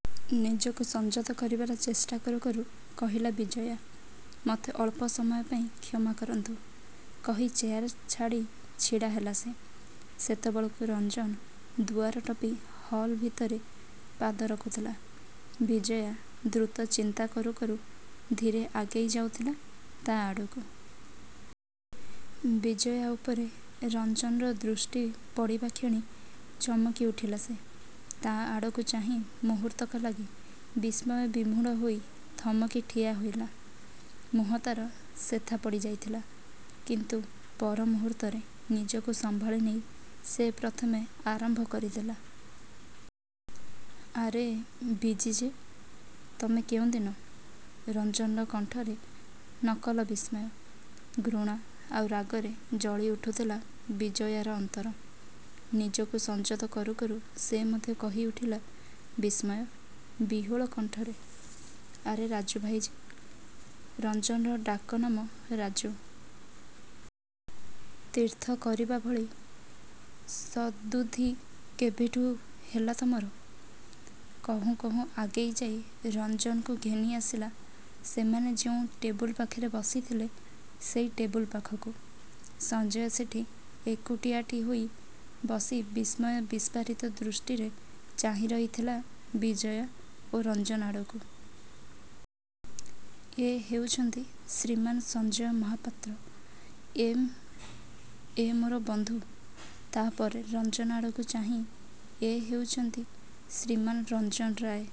'' ନିଜକୁ ସଂଯତ କରିବାର ଚେଷ୍ଟା କରୁ କରୁ କହିଲା ବିଜୟା, "ମୋତେ ଅଳ୍ପ ସମୟ ପାଇଁ କ୍ଷମା କରନ୍ତୁ। '' କହି ଚେୟାର ଛାଡ଼ି ଛିଡ଼ା ହେଲା ସେ। ସେତେବେଳକୁ ରଞ୍ଜନ ଦୁଆର ଟପି ହଲ ଭିତରେ ପାଦ ରଖୁଥିଲା, ବିଜୟା ଦୃତ ଚିନ୍ତା କରୁ କରୁ ଧୀରେ ଆଗେଇ ଯାଉଥିଲା ତା' ଆଡ଼କୁ। ବିଜୟା ଉପରେ ରଞ୍ଜନର ଦୃଷ୍ଟି ପଡ଼ିବାକ୍ଷଣି ଚମକି ଉଠିଲା ସେ। ତା' ଆଡ଼କୁ ଚାହିଁ ମୁହୂର୍ତ୍ତକ ଲାଗି ବିସ୍ମୟ ବିମୂଢ଼ ହୋଇ ଥମକି ଠିଆ ହେଲା। ମୁହଁ ତା'ର ଶେଥା ପଡ଼ି ଯାଇଥିଲା। କିନ୍ତୁ ପରମୁହୂର୍ତ୍ତରେ ନିଜକୁ ସମ୍ଭାଳି ନେଇ ସେ ପ୍ରଥମେ ଆରମ୍ଭ କରି ଦେଲା। "ଆରେ ବିଜୀ ଯେ! ତମେ କେଉଁଦିନ? '' ରଞ୍ଜନର କଣ୍ଠରେ ନକଲ ବିସ୍ମୟ। ଘୃଣା ଆଉ ରାଗରେ ଜଳି ଉଠୁଥିଲା ବିଜୟାର ଅନ୍ତର। ନିଜକୁ ସଂଯତ କରୁ କରୁ ସେ ମଧ୍ୟ କହି ଉଠିଲା—ବିସ୍ମୟ ବିହ୍ଵଲ କଣ୍ଠରେ— "ଆରେ ରାଜୁ ଭାଇ ଯେ। '' ରଞ୍ଜନର ଡାକନାମ ରାଜୁ। "ତୀର୍ଥ କରିବା ଭଳି ସଦ୍ବୁଦ୍ଧି କେବେଠୁଁ ହେଲା ତମର? '' କହୁଁ କହୁଁ ଆଗେଇ ଯାଇ ରଞ୍ଜନକୁ ଘେନି ଆସିଲା ସେମାନେ ଯେଉଁ ଟେବୁଲ ପାଖରେ ବସିଥିଲେ ସେଇ ଟେବୁଲ ପାଖକୁ। ସଞ୍ଜୟ ସେଠି ଏକୁଟିଆଟି ହୋଇ ବସି ବିସ୍ମୟ ବିସ୍ଫାରିତ ଦୃଷ୍ଟିରେ ଚାହିଁରହିଥିଲା ବିଜୟା ଓ ରଞ୍ଜନ ଆଡ଼କୁ। "ଏ ହେଉଛନ୍ତି ଶ୍ରୀମାନ୍ ସଞ୍ଜୟ ମହାପାନ୍ତ୍ର ଏମ, ଏ ମୋର ବନ୍ଧୁ। '' ତା'ପରେ ରଞ୍ଜନ ଆଡ଼କୁ ଚାହିଁ—"ଏ ହେଉଚନ୍ତି ଶ୍ରୀମାନ୍ ରଞ୍ଜନ ରାୟ।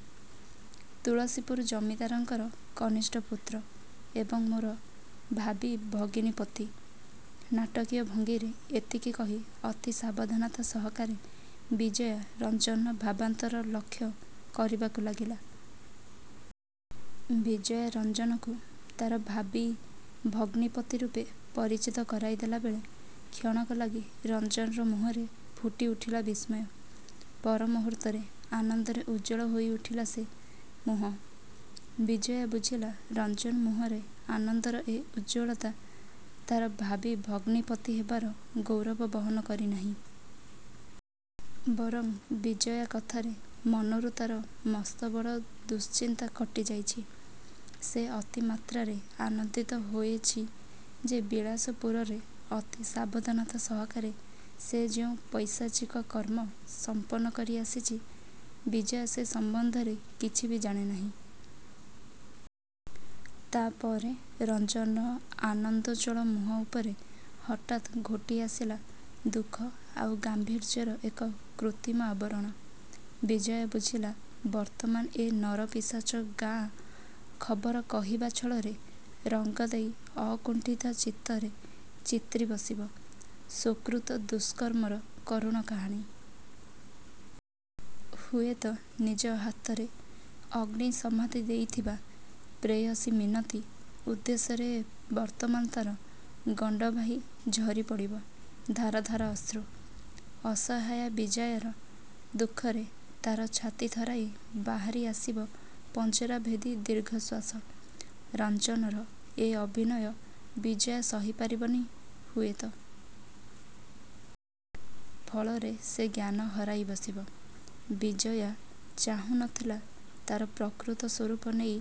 ତୁଳସୀପୁର ଜମିଦାରଙ୍କର କନିଷ୍ଠ ପୁତ୍ର ଏବଂ ମୋର ଭାବୀ ଭଗିନୀପତି। '' ନାଟକୀୟ ଭଙ୍ଗିରେ ଏତିକି କହି ଅତି ସାବଧାନତା ସହକାରେ ବିଜୟା ରଞ୍ଜନର ଭାବାନ୍ତର ଲକ୍ଷ୍ୟ କରିବାକୁ ଲାଗିଲା। ବିଜୟା ରଞ୍ଜନକୁ ତା'ର ଭାବୀ ଭଗ୍ନୀପତି ରୂପେ ପରିଚିତ କରାଇ ଦେଲା ବେଳେ, କ୍ଷଣକ ଲାଗି ରଞ୍ଜନର ମୁହଁରେ ଫୁଟି ଉଠିଲା ବିସ୍ମୟ। ପର ମୁହୂର୍ତ୍ତରେ ଆନନ୍ଦରେ ଉଜ୍ଜ୍ୱଳ ହୋଇ ଉଠିଲା ସେ ମୁହଁ। ବିଜୟା ବୁଝିଲା ରଞ୍ଜନ ମୁହଁରେ ଆନନ୍ଦର ଏ ଉଜ୍ଜ୍ୱଳତା ତା'ର ଭାବୀ ଭଗ୍ନୀପତି ହେବାର ଗୌରବ ବହନ କରି ନାହିଁ। ବରଂ ବିଜୟା କଥାରେ ମନରୁ ତା'ର ମସ୍ତବଡ଼ ଦୁଶ୍ଚିନ୍ତା କଟି ଯାଇଛି। ସେ ଅତି ମାତ୍ରାରେ ଆନନ୍ଦିତ ହୋଏଚି ଯେ ବିଳାସପୁରରେ ଅତି ସାବଧାନତା ସହକାରେ ସେ ଯେଉଁ ପୈଶାଚିକ କର୍ମ ସମ୍ପନ୍ନ କରି ଆସିଚି ବିଜୟା ସେ ସମ୍ଵନ୍ଧରେ କିଛି ବି ଜାଣେ ନାହିଁ। ତା'ପରେ ରଞ୍ଜନର ଆନନ୍ଦୋଜ୍ଵଳ ମୁହଁ ଉପରେ ହଠାତ୍ ଘୋଟିଆସିଲା ଦୁଃଖ ଆଉ ଗାମ୍ଭୀର୍ଯ୍ୟର ଏକ କୃତ୍ରିମ ଆବରଣ। ବିଜୟା ବୁଝିଲା ବର୍ତ୍ତମାନ ଏ ନର ପିଶାଚ ଗାଁ ଖବର କହିବା ଛଳରେ ରଙ୍ଗ ଦେଇ ଅକୁଣ୍ଠିତ ଚିତ୍ତରେ ଚିତ୍ରି ବସିବ ସ୍ଵ-କୃତ ଦୁଷ୍କର୍ମର କରୁଣ କାହାଣୀ। ହୁଏତ ନିଜ ହାତରେ ଅଗ୍ନୀ—ସମାଧି ଦେଇଥିବା ପ୍ରେୟସୀ ମିନତୀ ଉଦ୍ଦେଶ୍ୟରେ ବର୍ତ୍ତମାନ ତା'ର ଗଣ୍ତବାହି ଝରି ପଡ଼ିବ ଧାର ଧାର ଅଶ୍ରୁ। ଅସହାୟା ବିଜୟାର ଦୁଃଖରେ ତା'ର ଛାତି ଥରାଇ ବାହାରି ଆସିବ ପଞ୍ଜରାଭେଦୀ ଦୀର୍ଘଶ୍ଵାସ। ରଞ୍ଜନର ଏ ଅଭିନୟ ବିଜୟା ସହି ପାରିବନି ହୁଏତ। ଫଳରେ ସେ ଜ୍ଞାନ ହରାଇ ବସିବ। ବିଜୟା ଚାହୁଁ ନ ଥିଲା ତା'ର ପ୍ରକୃତ ସ୍ଵରୂପ ନେଇ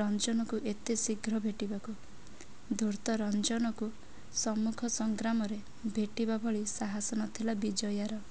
ରଞ୍ଜନକୁ ଏତେ ଶିଘ୍ର ଭେଟିବାକୁ। ଧୂର୍ତ୍ତ ରଞ୍ଜନକୁ ସମ୍ମୁଖ ସଂଗ୍ରାମରେ ଭେଟିବା ଭଳି ସାହାସ ନଥିଲା ବିଜୟାର।